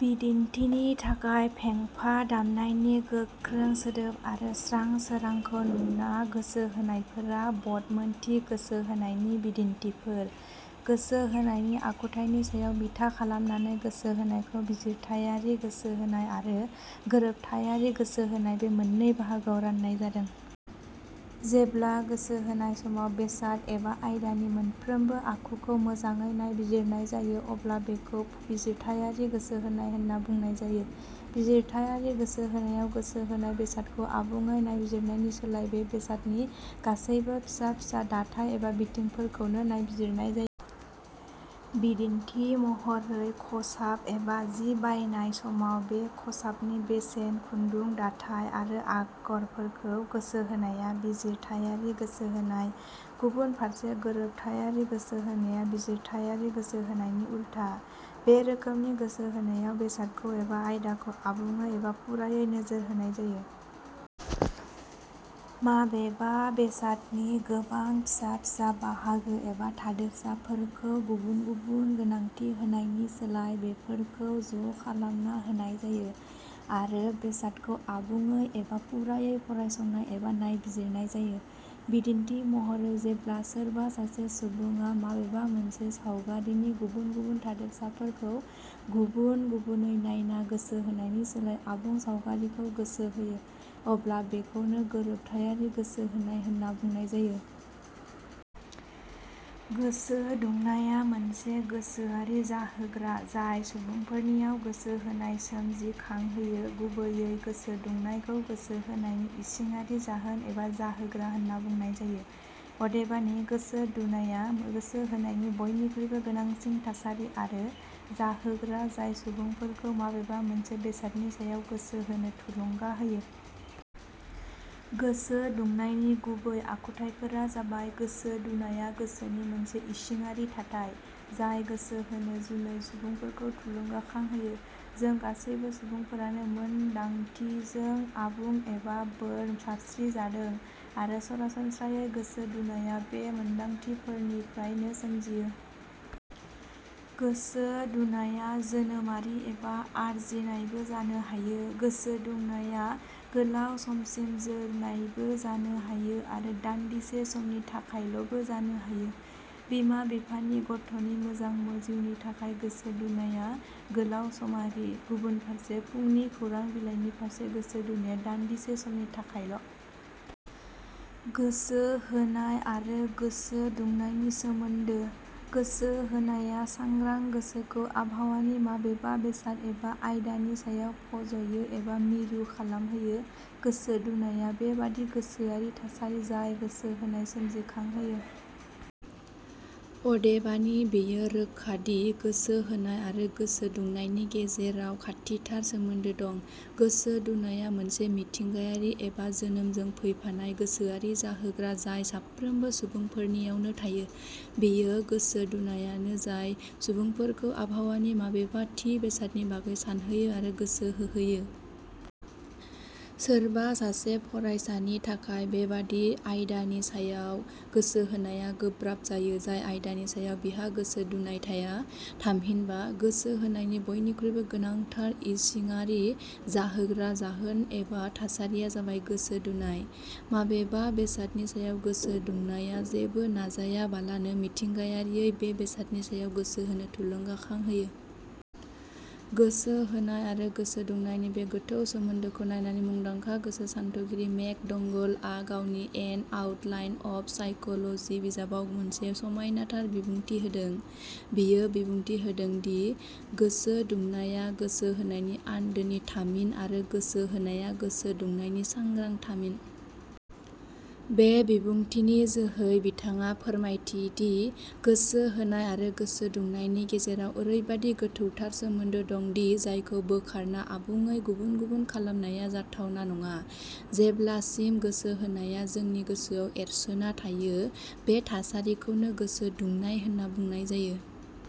बिदिन्थिनि थाखाय, फेंफा दामनायनि गोख्रों सोदोब आरो स्रां सोरांखौ नुना गोसो होनायफोरा बदमोनथि गोसो होनायनि बिदिन्थिफोर।: गोसो होनायनि आखुथाइनि सायाव बिथा खालामनानै गोसो होनायखौ बिजिरथाइयारि गोसोहोनाय आरो गोरोबथाइयारि गोसो होनाय बे मोननै बाहागोआव राननाय जादों। जेब्ला गोसो होनाय समाव बेसाद एबा आयदानि मोनफ्रोमबो आखुखौ मोजाङै नायबिजिरनाय जायो अब्ला बेखौ बिजिरथाइयारि गोसो होनाय होनना बुंनाय जायो। बिजिरथाइयारि गोसो होनायाव, गोसो होनाय बेसादखौ आबुंयै नायबिजिरनायनि सोलाय बे बेसादनि गासैबो फिसा फिसा दाथाइ एबा बिथिंफोरखौनो नायबिजिरनाय जायो। बिदिन्थि महरै, खसाब एबा जि बायनाय समाव बे खसाबनि बेसेन, खुन्दु, दाथाइ आरो आगरफोरखौ गोसो होनाया बिजिरथाइयारि गोसो होनाय। गुबुन फारसे गोरोबथाइयारि गोसो होनाया बिजिरथाइयारि गोसो होनायनि उल्था। बे रोखोमनि गोसो होनायाव बेसादखौ एबा आयदाखौ आबुंयै एबा फुरायै नोजोर होनाय जायो। माबेबा बेसादनि गोबां फिसा फिसा बाहागो एबा थादेरसाफोरखौ गुबुन गुबुन गोनांथि होनायनि सोलाय, बेफोरखौ ज' खालामना होनाय जायो आरो बेसादखौ आबुंयै एबा फुरायै फरायसंनाय एबा नायबिजिरनाय जायो। बिदिन्थि महरै जेब्ला सोरबा सासे सुबुंआ माबेबा मोनसे सावगारिनि गुबुन गुबुन थादेरसाफोरखौ गुबुन गुबुनै नायना गोसो होनायनि सोलाय आबुं सावगारिखौ गोसो होयो अब्ला बेखौनो गोरोबथाइयारि गोसो होनाय होनना बुंनाय जायो।: गोसो दुंनाया मोनसे गोसोआरि जाहोग्रा जाय सुबुंफोरनियाव गोसो होनाय सोमजिखां होयो। गुबैयै गोसो दुंनायखौ गोसो होनायनि इसिंआरि जाहोन एबा जाहोग्रा होनना बुंनाय जायो। अबेदानि गोसो दुनाया गोसो होनायनि बयनिखुइबो गोनांसिन थासारि आरो जाहोग्रा जाय सुबुंफोरखौ माबेबा मोनसे बेसादनि सायाव गोसो होनो थुलुंगा होयो। गोसो दुंनायनि गुबै आखुथाइफोरा जाबाय:. गोसो दुनाया गोसोनि मोनसे इसिङारि थाथाइ, जाय गोसो होनो जुनै सुबुंफोरखौ थुलुंगाखां होयो।. जों गासैबो सुबुंफोरानो मोन दांथिजों आबुं एबा बोर सारस्रि जादों, आरो सरासनम्रायै गोसो दुनाया बे मोनदांथि फोरनिफ्रायनो सोमजियो।. गोसो दुंनाया जोनोमआरि एबा आरजिनायबो जानो हायो।. गोसो दुंनाया गोलाउ समसिम जोरनायबो जानो हायो आरो दान्दिसे समनि थाखायल 'बो जानो हायो। बिमा-बिफानि गथ'नि मोजां जिउनि थाखाय गोसो दुनाया गोलाउ समारि। गुबुन फारसे फुंनि खौरां-बिलाइनि फारसे गोसो दुनाया दान्दिसे समनि थाखाय ल'।: गोसो होनाय आरो गोसो दुंनायनि सोमोन्दो: गोसो होनाया सांग्रां गोसोखौ आबहावानि माबेबा बेसाद एबा आयदानि सायाव फज'यो एबा मिरु खालामहोयो। गोसो दुनाया बे बादि गोसोआरि थासारि जाय गोसो होनाय सोमजिखां होयो। अदेबानि बेयो रोखा दि गोसो होनाय आरो गोसो दुंनायनि गेजेराव खाथिथार सोमोन्दो दं। गोसो दुनाया मोनसे मिथिंगायारि एबा जोनोमजों फैफानाय गोसोआरि जाहोग्रा जाय साफ्रोमबो सुबुंफोरनियावनो थायो। बेयो गोसो दुनायानो जाय सुबुंफोरखौ आबहावानि माबेबा थि बेसादनि बागै सानहोयो आरो गोसो होहोयो। सोरबा सासे फरायसानि थाखाय बेबादि आयदानि सायाव गोसो होनाया गोब्राब जायो जाय आयदानि सायाव बिहा गोसो दुनाय थाया। थामहिनबा गोसो होनायनि बयनिखुइबो गोनांथार इसिङारि जाहोग्रा जाहोन एबा थासारिया जाबाय गोसो दुनाय। माबेबा बेसादनि सायाव गोसो दुंनाया जेबो नाजायाबालानो मिथिंगायारियै बे बेसादनि सायाव गोसो होनो थुलुंगाखां होयो। गोसो होनाय आरो गोसो दुंनायनि बे गोथौ सोमोन्दोखौ नायनानै मुंदांखा गोसो सान्थौगिरि मेक. डोंगल आ गावनि "एन आउटलाइन अफ साइकोलजि" बिजाबाव मोनसे समायनाथार बिबुंथि होदों। बियो बिबुंथि होदों दि, "गोसो दुंनाया गोसो होनायनि आन्दोनि थामिन आरो गोसो होनाया गोसो दुंनायनि सांग्रां थामिन"। बे बिबुंथिनि जोहै बिथांआ फोरमायथि दि गोसो होनाय आरो गोसो दुंनायनि गेजेराव औरैबादि गोथौथार सोमोन्दो दं दि जायखौ बोखारना आबुंयै गुबुन गुबुन खालामनाया जाथावना नङा। जेब्ला सिम गोसो होनाया जोंनि गोसोआव एरसोना थायो, बे थासारिखौनो गोसो दुंनाय होनना बुंनाय जायो।